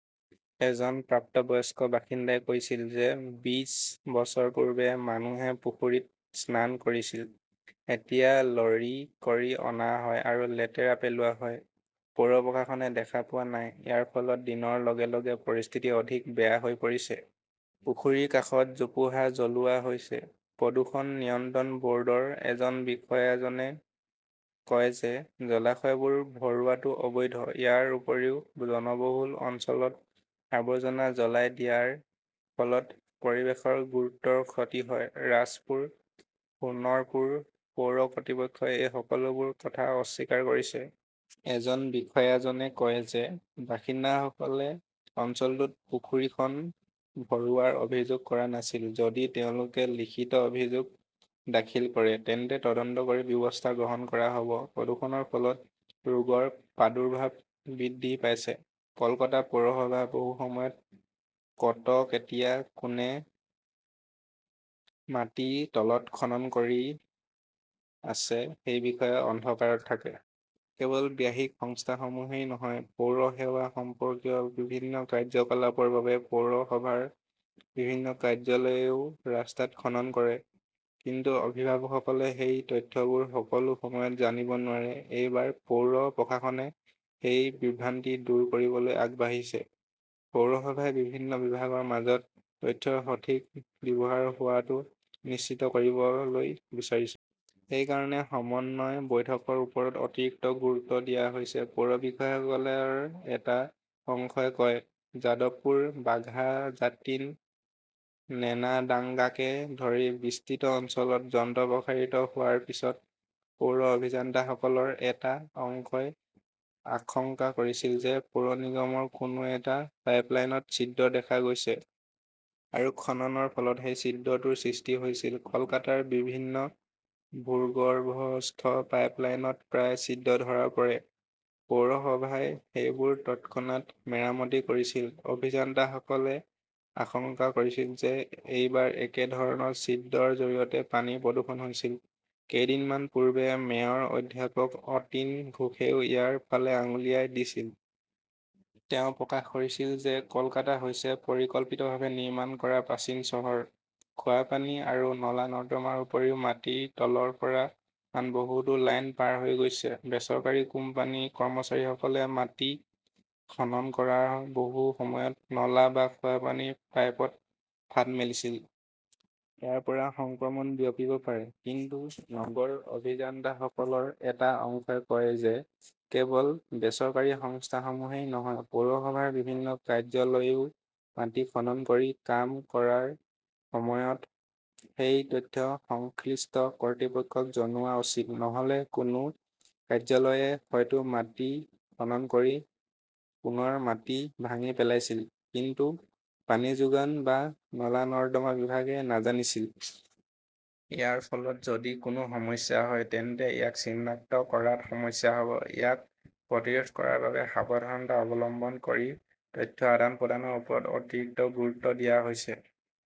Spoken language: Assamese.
এজন প্ৰাপ্তবয়স্ক বাসিন্দাই কৈছিল যে, বিশ বছৰ পূৰ্বে মানুহে পুখুৰীত স্নান কৰিছিল। এতিয়া লৰি কৰি অনা হয় আৰু লেতেৰা পেলোৱা হয়। পৌৰ প্ৰশাসনে দেখা পোৱা নাই। ইয়াৰ ফলত দিনৰ লগে লগে পৰিস্থিতি অধিক বেয়া হৈ পৰিছে। পুখুৰীৰ কাষত জোপোহা জ্বলোৱা হৈছে। প্ৰদূষণ নিয়ন্ত্ৰণ বৰ্ডৰ এজন বিষয়াজনে কয় যে, জলাশয়বোৰ ভৰোৱাটো অবৈধ। ইয়াৰ উপৰিও জনবহুল অঞ্চলত আৱৰ্জনা জ্বলাই দিয়াৰ ফলত পৰিৱেশৰ গুৰুতৰ ক্ষতি হয়। ৰাজপুৰ সোণৰপুৰ পৌৰ কৰ্তৃপক্ষই এই সকলোবোৰ কথা অস্বীকাৰ কৰিছে। এজন বিষয়াজনে কয় যে, বাসিন্দাসকলে অঞ্চলটোত পুখুৰীখন ভৰোৱাৰ অভিযোগ কৰা নাছিল। যদি তেওঁলোকে লিখিত অভিযোগ দাখিল কৰে, তেন্তে তদন্ত কৰি ব্যৱস্থা গ্ৰহণ কৰা হব। প্ৰদূষণৰ ফলত ৰোগৰ প্ৰাদুৰ্ভাৱ বৃদ্ধি পাইছে। কলকাতা পৌৰসভা বহু সময়ত ক'ত, কেতিয়া, কোনে মাটিৰ তলত খনন কৰি আছে, সেই বিষয়ে অন্ধকাৰত থাকে। কেৱল বাহ্যিক সংস্থাসমূহেই নহয়, পৌৰ সেৱা সম্পৰ্কীয় বিভিন্ন কাৰ্যকলাপৰ বাবে পৌৰসভাৰ বিভিন্ন কাৰ্যালয়েও ৰাস্তাত খনন কৰে। কিন্তু অভিভাৱকসকলে সেই তথ্যবোৰ সকলো সময়তে জানিব নোৱাৰে। এইবাৰ পৌৰ প্ৰশাসনে সেই "বিভ্ৰান্তি" দূৰ কৰিবলৈ আগবাঢ়িছে। পৌৰসভাই বিভিন্ন বিভাগৰ মাজত তথ্যৰ সঠিক ব্যৱহাৰ হোৱাটো নিশ্চিত কৰিবলৈ বিচাৰিছে। সেই কাৰণেই সমন্বয় বৈঠকৰ ওপৰত অতিৰিক্ত গুৰুত্ব দিয়া হৈছে, পৌৰ বিষয়াসকলৰ এটা অংশই কয়। যাদৱপুৰ, বাঘা জাটিন, নোনাডাঙ্গাকে ধৰি বিস্তৃত অঞ্চলত যন্ত্ৰ প্ৰসাৰিত হোৱাৰ পিছত পৌৰ অভিযন্তাসকলৰ এটা অংশই আশংকা কৰিছিল যে, পৌৰ নিগমৰ কোনো এটা পাইপলাইনত ছিদ্ৰ দেখা গৈছে। আৰু খননৰ ফলত সেই ছিদ্ৰটোৰ সৃষ্টি হৈছিল। কলকাতাৰ বিভিন্ন ভূগৰ্ভস্থ পাইপলাইনত প্ৰায়ে ছিদ্ৰ ধৰা পৰে। পৌৰসভাই সেইবোৰ তৎক্ষণাত মেৰামতি কৰিছিল। অভিযন্তাসকলে আশংকা কৰিছিল যে, এইবাৰ একেধৰণৰ ছিদ্ৰৰ জৰিয়তে পানীৰ প্ৰদূষণ হৈছিল। কেইদিনমান পূৰ্বে মেয়ৰ অধ্যাপক অতীন ঘোষেও ইয়াৰ ফালে আঙুলিয়াই দিছিল। তেওঁ প্ৰকাশ কৰিছিল যে, কলকাতা হৈছে পৰিকল্পিতভাৱে নিৰ্মাণ কৰা প্ৰাচীন চহৰ। খোৱাপানী আৰু নলা-নৰ্দমাৰ উপৰিও মাটিৰ তলৰ পৰা আন বহুতো লাইন পাৰ হৈ গৈছে। বেচৰকাৰী কোম্পানীৰ কৰ্মচাৰীসকলে মাটি খনন কৰাৰ বহু সময়ত নলা বা খোৱাপানীৰ পাইপত ফাট মেলিছিল। ইয়াৰ পৰা সংক্ৰমণ বিয়পিব পাৰে। কিন্তু নগৰ অভিযন্তাসকলৰ এটা অংশই কয় যে, কেৱল বেচৰকাৰী সংস্থাসমূহেই নহয়, পৌৰসভাৰ বিভিন্ন কাৰ্যালয়েও মাটি খনন কৰি কাম কৰাৰ সময়ত সেই তথ্য সংশ্লিষ্ট কৰ্তৃপক্ষক জনোৱা উচিত। নহলে কোনো কাৰ্যালয়ে হয়তো মাটি খনন কৰি পুনৰ মাটি ভাঙি পেলাইছিল, কিন্তু পানী যোগান বা নলা-নৰ্দমা বিভাগে নাজানিছিল। ইয়াৰ ফলত যদি কোনো সমস্যা হয়, তেন্তে ইয়াক চিনাক্ত কৰাত সমস্যা হব। ইয়াক প্ৰতিৰোধ কৰাৰ বাবে সাৱধানতা অৱলম্বন কৰি তথ্য আদান-প্ৰদানৰ ওপৰত অতিৰিক্ত গুৰুত্ব দিয়া হৈছে।